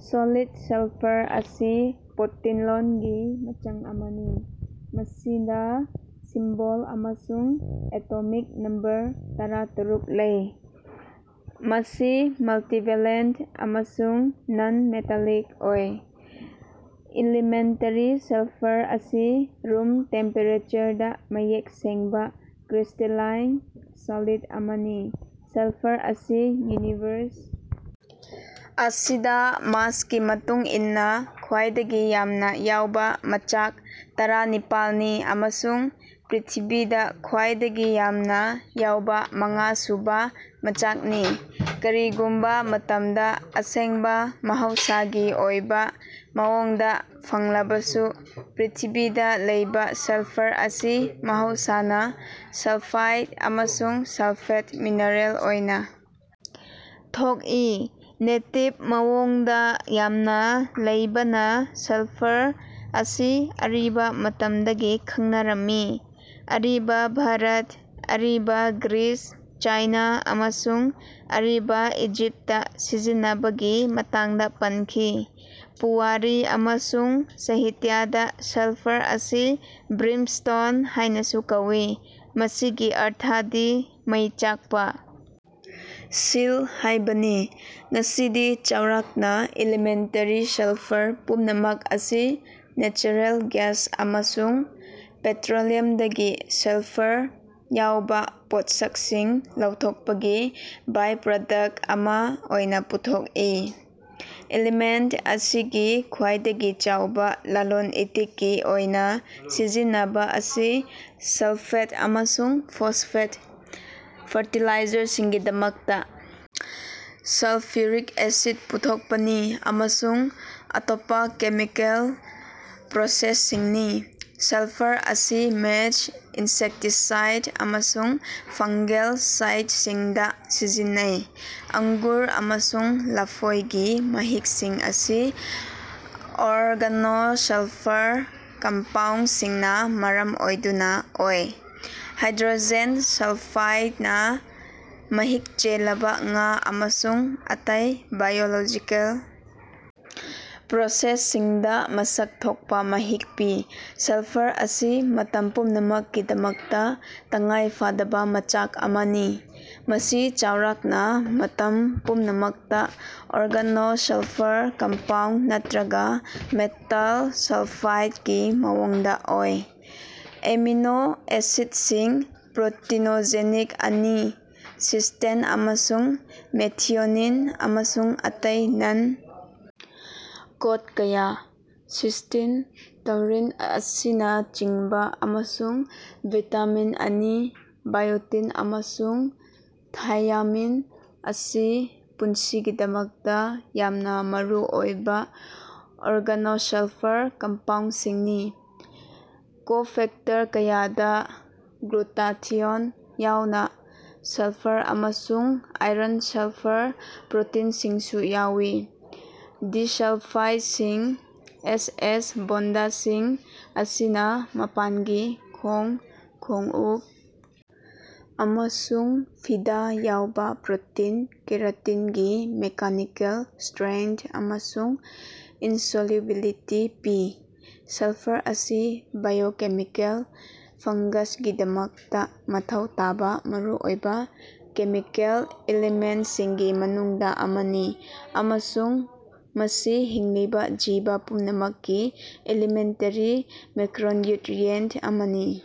Solid sulphur ꯑꯁꯤ ꯄꯣꯠꯇꯤꯟꯂꯣꯟꯒꯤ ꯃꯆꯪ ꯑꯃꯅꯤ꯫ ꯃꯁꯤꯗ ꯁꯤꯝꯕꯣꯜ ꯑꯃꯁꯨꯡ ꯑꯦꯇꯣꯃꯤꯛ ꯅꯝꯕꯔ ꯇꯔꯥ ꯇꯔꯨꯛ ꯂꯩ꯫ ꯃꯁꯤ ꯃꯜꯇꯤꯚꯦꯂꯦꯟꯇ ꯑꯃꯁꯨꯡ ꯅꯟ ꯃꯦꯇꯥꯂꯤꯛ ꯑꯣꯏ꯫ ꯏꯂꯤꯃꯦꯟꯇꯔꯤ ꯁꯜꯐꯔ ꯑꯁꯤ ꯔꯨꯝ ꯇꯦꯝꯄꯦꯔꯦꯆꯔꯗ ꯃꯌꯦꯛ ꯁꯦꯡꯕ ꯀ꯭ꯔꯤꯁꯇꯦꯂꯥꯏꯟ ꯁꯣꯂꯤꯗ ꯑꯃꯅꯤ꯫ ꯁꯜꯐꯔ ꯑꯁꯤ ꯌꯨꯅꯤꯚꯔꯁ ꯑꯁꯤꯗ ꯃꯥꯁꯀꯤ ꯃꯇꯨꯡ ꯏꯟꯅ ꯈ꯭ꯋꯥꯏꯗꯒꯤ ꯌꯥꯝꯅ ꯌꯥꯎꯕ ꯃꯆꯥꯛ ꯇꯔꯥꯅꯤꯄꯥꯜꯅꯤ ꯑꯃꯁꯨꯡ ꯄ꯭ꯔꯤꯊꯤꯕꯤꯗ ꯈ꯭ꯋꯥꯏꯗꯒꯤ ꯌꯥꯝꯅ ꯌꯥꯎꯕ ꯃꯉꯥꯁꯨꯕ ꯃꯆꯥꯛꯅꯤ꯫ ꯀꯔꯤꯒꯨꯝꯕ ꯃꯇꯝꯗ ꯑꯁꯦꯡꯕ ꯃꯍꯧꯁꯥꯒꯤ ꯑꯣꯏꯕ ꯃꯑꯣꯡꯗꯥ ꯐꯪꯂꯕꯁꯨ ꯄ꯭ꯔꯤꯊꯤꯕꯤꯗ ꯂꯩꯕ ꯁꯜꯐꯔ ꯑꯁꯤ ꯃꯍꯧꯁꯥꯅ ꯁꯜꯐꯥꯏꯗ ꯑꯃꯁꯨꯡ ꯁꯜꯐꯦꯠ ꯃꯤꯅꯔꯦꯜ ꯑꯣꯏꯅ ꯊꯣꯛꯏ꯫ ꯅꯦꯇꯤꯕ ꯃꯑꯣꯡꯗ ꯌꯥꯝꯅ ꯂꯩꯕꯅ ꯁꯜꯐꯔ ꯑꯁꯤ ꯑꯔꯤꯕ ꯃꯇꯝꯗꯒꯤ ꯈꯪꯅꯔꯝꯃꯤ꯫ ꯑꯔꯤꯕ ꯚꯥꯔꯠ, ꯑꯔꯤꯕ ꯒ꯭ꯔꯤꯁ, ꯆꯥꯏꯅ ꯑꯃꯁꯨꯡ ꯑꯔꯤꯕ ꯏꯖꯤꯞꯇ ꯁꯤꯖꯤꯟꯅꯕꯒꯤ ꯃꯇꯥꯡꯗ ꯄꯟꯈꯤ꯫ ꯄꯨꯋꯥꯔꯤ ꯑꯃꯁꯨꯡ ꯁꯥꯍꯤꯇ꯭ꯌꯗ ꯁꯜꯐꯔ ꯑꯁꯤ ꯕ꯭ꯔꯤꯝꯁ꯭ꯇꯣꯟ ꯍꯥꯏꯅꯁꯨ ꯀꯧꯏ꯫ ꯃꯁꯤꯒꯤ ꯑꯔꯊꯗꯤ "ꯃꯩ ꯆꯥꯛꯄ ꯁꯤꯜ" ꯍꯥꯏꯕꯅꯤ꯫ ꯉꯁꯤꯗꯤ ꯆꯥꯎꯔꯥꯛꯅ ꯏꯂꯤꯃꯦꯟꯇꯔꯤ ꯁꯜꯐꯔ ꯄꯨꯝꯅꯃꯛ ꯑꯁꯤ ꯅꯦꯆꯔꯦꯜ ꯒ꯭ꯌꯥꯁ ꯑꯃꯁꯨꯡ ꯄꯦꯇ꯭ꯔꯣꯂꯤꯌꯝꯗꯒꯤ ꯁꯜꯐꯔ ꯌꯥꯎꯕ ꯄꯣꯠꯁꯛꯁꯤꯡ ꯂꯧꯊꯣꯛꯄꯒꯤ ꯕꯥꯏꯄ꯭ꯔꯗꯛꯠ ꯑꯃ ꯑꯣꯏꯅ ꯄꯨꯊꯣꯛꯏ꯫ ꯏꯂꯤꯃꯦꯟꯇ ꯑꯁꯤꯒꯤ ꯈ꯭ꯋꯥꯏꯗꯒꯤ ꯆꯥꯎꯕ ꯂꯂꯣꯟ ꯏꯇꯤꯛꯀꯤ ꯑꯣꯏꯅ ꯁꯤꯖꯤꯟꯅꯕ ꯑꯁꯤ ꯁꯜꯐꯦꯠ ꯑꯃꯁꯨꯡ ꯐꯣꯁꯐꯦꯠ ꯐꯔꯇꯤꯂꯥꯏꯖꯔꯁꯤꯡꯒꯤꯗꯃꯛꯇ ꯁꯜꯐ꯭ꯌꯨꯔꯤꯛ ꯑꯦꯁꯤꯗ ꯄꯨꯊꯣꯛꯄꯅꯤ ꯑꯃꯁꯨꯡ ꯑꯇꯣꯞꯄ ꯀꯦꯃꯤꯀꯦꯜ ꯄ꯭ꯔꯣꯁꯦꯁꯁꯤꯡꯅꯤ꯫ ꯁꯜꯐꯔ ꯑꯁꯤ ꯃꯦꯆ, ꯏꯟꯁꯦꯛꯇꯤꯁꯥꯏꯗ ꯑꯃꯁꯨꯡ ꯐꯪꯒꯦꯜ ꯁꯥꯏꯗꯁꯤꯡꯗ ꯁꯤꯖꯤꯟꯅꯩ꯫ ꯑꯡꯒꯨꯔ ꯑꯃꯁꯨꯡ ꯂꯐꯣꯏꯒꯤ ꯃꯍꯤꯛꯁꯤꯡ ꯑꯁꯤ ꯑꯣꯔꯒꯥꯅꯣꯁꯜꯐꯔ ꯀꯝꯄꯥꯎꯟꯗꯁꯤꯡꯅ ꯃꯔꯝ ꯑꯣꯏꯗꯨꯅ ꯑꯣꯏ꯫ ꯍꯥꯏꯗ꯭ꯔꯣꯖꯦꯟ ꯁꯜꯐꯥꯏꯗꯅ ꯃꯍꯤꯛ ꯆꯦꯜꯂꯕ ꯉꯥ ꯑꯃꯁꯨꯡ ꯑꯇꯩ ꯕꯥꯏꯑꯣꯂꯣꯖꯤꯀꯦꯜ ꯄ꯭ꯔꯣꯁꯦꯁꯁꯤꯡꯗ ꯃꯁꯛ ꯊꯣꯛꯄ ꯃꯍꯤꯛ ꯄꯤ꯫ ꯁꯜꯐꯔ ꯑꯁꯤ ꯃꯇꯝ ꯄꯨꯝꯅꯃꯛꯀꯤꯗꯃꯛꯇ ꯇꯉꯥꯏꯐꯗꯕ ꯃꯆꯥꯛ ꯑꯃꯅꯤ꯫ ꯃꯁꯤ ꯆꯥꯎꯔꯥꯛꯅ ꯃꯇꯝ ꯄꯨꯝꯅꯃꯛꯇ ꯑꯣꯔꯒꯥꯅꯣꯁꯜꯐꯔ ꯀꯝꯄꯥꯎꯟꯗ ꯅꯠꯇ꯭ꯔꯒ ꯃꯦꯇꯜ ꯁꯜꯐꯥꯏꯗꯀꯤ ꯃꯑꯣꯡꯗ ꯑꯣꯏ꯫ ꯑꯦꯃꯤꯅꯣ ꯑꯦꯁꯤꯗꯁꯤꯡ (ꯄ꯭ꯔꯣꯇꯤꯅꯣꯖꯦꯅꯤꯛ ꯑꯅꯤ: ꯁꯤꯁ꯭ꯇꯦꯟ ꯑꯃꯁꯨꯡ ꯃꯦꯊꯤꯑꯣꯅꯤꯟ, ꯑꯃꯁꯨꯡ ꯑꯇꯩ ꯅꯟ ꯀꯣꯗ ꯀꯌꯥ: ꯁꯤꯁ꯭ꯇꯤꯟ, ꯇꯧꯔꯤꯟ ꯑꯁꯤꯅꯆꯤꯡꯕ) ꯑꯃꯁꯨꯡ ꯚꯤꯇꯥꯃꯤꯟ ꯑꯅꯤ (ꯕꯥꯏꯑꯣꯇꯤꯟ ꯑꯃꯁꯨꯡ ꯊꯥꯏꯌꯥꯃꯤꯟ) ꯑꯁꯤ ꯄꯨꯟꯁꯤꯒꯤꯗꯃꯛꯇ ꯌꯥꯝꯅ ꯃꯔꯨꯑꯣꯏꯕ ꯑꯣꯔꯒꯥꯅꯣꯁꯜꯐꯔ ꯀꯝꯄꯥꯎꯟꯗꯁꯤꯡꯅꯤ꯫ ꯀꯣꯐꯦꯛꯇꯔ ꯀꯌꯥꯗ ꯒ꯭ꯂꯨꯇꯥꯊꯤꯑꯣꯟ ꯌꯥꯎꯅ ꯁꯜꯐꯔ ꯑꯃꯁꯨꯡ ꯑꯥꯏꯔꯟꯁꯜꯐꯔ ꯄ꯭ꯔꯣꯇꯤꯟꯁꯤꯡꯁꯨ ꯌꯥꯎꯏ꯫ ꯗꯤꯁꯜꯐꯥꯏꯗꯁꯤꯡ, ꯑꯦꯁꯑꯦꯁ ꯕꯣꯟꯗꯁꯤꯡ ꯑꯁꯤꯅ ꯃꯄꯥꯟꯒꯤ ꯈꯣꯡ, ꯈꯣꯡꯎꯞ ꯑꯃꯁꯨꯡ ꯐꯤꯗꯥ ꯌꯥꯎꯕ ꯄ꯭ꯔꯣꯇꯤꯟ ꯀꯦꯔꯥꯇꯤꯟꯒꯤ ꯃꯦꯀꯥꯅꯤꯀꯦꯜ ꯁꯇ꯭ꯔꯦꯡꯊ ꯑꯃꯁꯨꯡ ꯏꯟꯁꯣꯜꯌꯨꯕꯤꯂꯤꯇꯤ ꯄꯤ꯫ ꯁꯜꯐꯔ ꯑꯁꯤ ꯕꯥꯏꯑꯣꯀꯦꯃꯤꯀꯦꯜ ꯐꯪꯒꯁꯒꯤꯗꯃꯛꯇ ꯃꯊꯧ ꯇꯥꯕ ꯃꯔꯨꯑꯣꯏꯕ ꯀꯦꯃꯤꯀꯦꯜ ꯏꯂꯤꯃꯦꯟꯇꯁꯤꯡꯒꯤ ꯃꯅꯨꯡꯗ ꯑꯃꯅꯤ ꯑꯃꯁꯨꯡ ꯃꯁꯤ ꯍꯤꯡꯂꯤꯕ ꯖꯤꯕ ꯄꯨꯝꯅꯃꯛꯀꯤ ꯏꯂꯤꯃꯦꯟꯇꯔꯤ ꯃꯦꯛꯔꯣꯟꯌꯨꯠꯔꯤꯑꯦꯟꯇ ꯑꯃꯅꯤ꯫